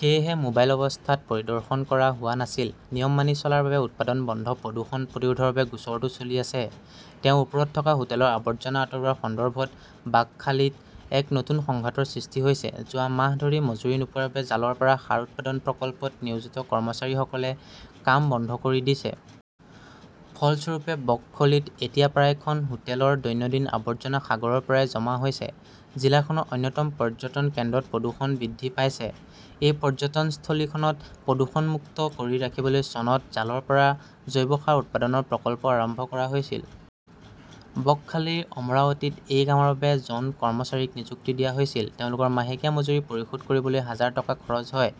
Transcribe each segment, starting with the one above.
সেয়েহে মোবাইল অৱস্থাত পৰিদৰ্শন কৰা হোৱা নাছিল। নিয়ম মানি চলাৰ বাবে উৎপাদন বন্ধ প্ৰদূষণ প্ৰতিৰোধৰ বাবে গোচৰটো চলি আছে। তেওঁৰ ওপৰত থকা হোটেলৰ আৱৰ্জনা আঁতৰোৱাৰ সন্দৰ্ভত বাকখালীত এক নতুন সংঘাতৰ সৃষ্টি হৈছে। যোৱা মাহ ধৰি মজুৰি নোপোৱাৰ বাবে জালৰ পৰা সাৰ উৎপাদন প্ৰকল্পত নিয়োজিত কৰ্মচাৰীসকলে কাম বন্ধ কৰি দিছে। ফলস্বৰূপে, বক্খলিত এতিয়া প্ৰায় খন হোটেলৰ দৈনন্দিন আৱৰ্জনা সাগৰৰ পৰাই জমা হৈছে। জিলাখনৰ অন্যতম পৰ্যটন কেন্দ্ৰত প্ৰদূষণ বৃদ্ধি পাইছে। এই পৰ্যটনস্থলীখনক প্ৰদূষণমুক্ত কৰি ৰাখিবলৈ চনত জালৰ পৰা জৈৱ সাৰ উৎপাদনৰ প্ৰকল্প আৰম্ভ কৰা হৈছিল। বকখালীৰ অমৰাৱতীত এই কামৰ বাবে জন কৰ্মচাৰীক নিযুক্তি দিয়া হৈছিল। তেওঁলোকৰ মাহেকীয়া মজুৰি পৰিশোধ কৰিবলৈ হাজাৰ টকা খৰচ হয়।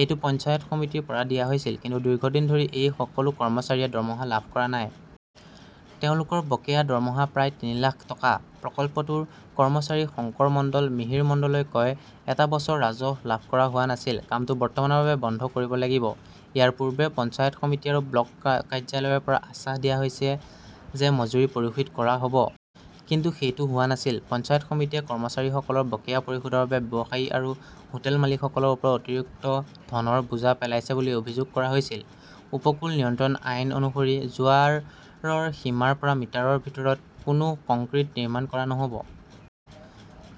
এইটো পঞ্চায়ত সমিতিৰ পৰা দিয়া হৈছিল। কিন্তু দীৰ্ঘদিন ধৰি সেই সকলো কৰ্মচাৰীয়ে দৰমহা লাভ কৰা নাই। তেওঁলোকৰ বকেয়া দৰমহা প্ৰায় তিনি লাখ টকা। প্ৰকল্পটোৰ কৰ্মচাৰী শংকৰ মণ্ডল, মিহিৰ মণ্ডলই কয়, "এটা বছৰ ৰাজহ লাভ কৰা হোৱা নাছিল। কামটো বৰ্তমানৰ বাবে বন্ধ কৰিব লাগিব। ইয়াৰ পূৰ্বে পঞ্চায়ত সমিতি আৰু ব্লক কাৰ্যালয়ৰ পৰা আশ্বাস দিয়া হৈছিল যে মজুৰি পৰিশোধ কৰা হ 'ব। কিন্তু সেইটো হোৱা নাছিল। "পঞ্চায়ত সমিতিয়ে কৰ্মচাৰীসকলৰ বকেয়া পৰিশোধৰ বাবে ব্যৱসায়ী আৰু হোটেল মালিকসকলৰ ওপৰত অতিৰিক্ত ধনৰ বোজা পেলাইছে বুলি অভিযোগ কৰা হৈছে। উপকূল নিয়ন্ত্ৰণ আইন অনুসৰি, জোৱাৰৰ সীমাৰ পৰা মিটাৰৰ ভিতৰত কোনো কংক্ৰিট নিৰ্মাণ কৰা নহ 'ব।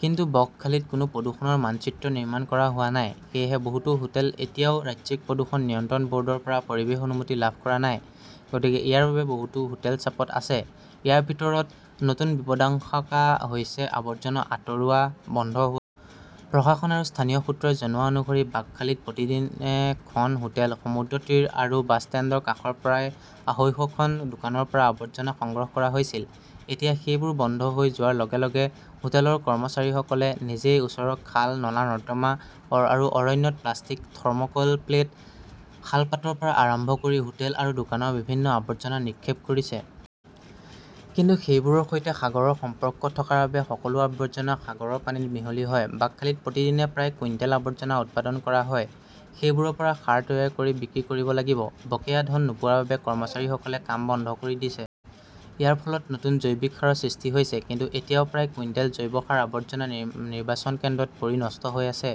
কিন্তু বকখালীত কোনো প্ৰদূষণৰ মানচিত্ৰ নিৰ্মাণ কৰা হোৱা নাই। সেয়েহে, বহুতো হোটেল এতিয়াও ৰাজ্যিক প্ৰদূষণ নিয়ন্ত্ৰণ ব "ৰ্ডৰ পৰা পৰিৱেশ অনুমতি লাভ কৰা নাই। গতিকে ইয়াৰ বাবে বহুতো হোটেল চাপত আছে। ইয়াৰ ভিতৰত নতুন বিপদাশংকা হৈছে আৱৰ্জনা আঁতৰোৱা বন্ধ হোৱা। প্ৰশাসন আৰু স্থানীয় সূত্ৰই জনোৱা অনুসৰি বাকখালীত প্ৰতিদিনে খন হোটেল, সমুদ্ৰতীৰ আৰু বাছষ্টেণ্ডৰ কাষৰ প্ৰায় আঢ়ৈশখন দোকানৰ পৰা আৱৰ্জনা সংগ্ৰহ কৰা হৈছিল। এতিয়া সেইবোৰ বন্ধ হৈ যোৱাৰ লগে লগে হোটেলৰ কৰ্মচাৰীসকলে নিজেই ওচৰৰ খাল, নলা-নৰ্দমা আৰু অৰণ্যত প্লাষ্টিক, থৰ্ম "কল প্লেট, শালপাতৰ পৰা আৰম্ভ কৰি হোটেল আৰু দোকানৰ বিভিন্ন আৱৰ্জনা নিক্ষেপ কৰিছে। কিন্তু সেইবোৰৰ সৈতে সাগৰৰ সম্পৰ্ক থকাৰ বাবে সকলো আৱৰ্জনা সাগৰৰ পানীত মিহলি হয়। বাকখালীত প্ৰতিদিনে প্ৰায় কুইণ্টেল আৱৰ্জনা উৎপাদন কৰা হয়। সেইবোৰৰ পৰা সাৰ তৈয়াৰ কৰি বিক্ৰী কৰিব লাগিব। বকেয়া ধন নোপোৱাৰ বাবে কৰ্মচাৰীসকলে কাম বন্ধ কৰি দিছে। ইয়াৰ ফলত নতুন জৈৱিক সাৰৰ সৃষ্টি হৈছে। কিন্তু এতিয়াও প্ৰায় কুইণ্টেল জৈৱ সাৰ আৱৰ্জনা নিৰ্বাচন কেন্দ্ৰত পৰি নষ্ট হৈ আছে।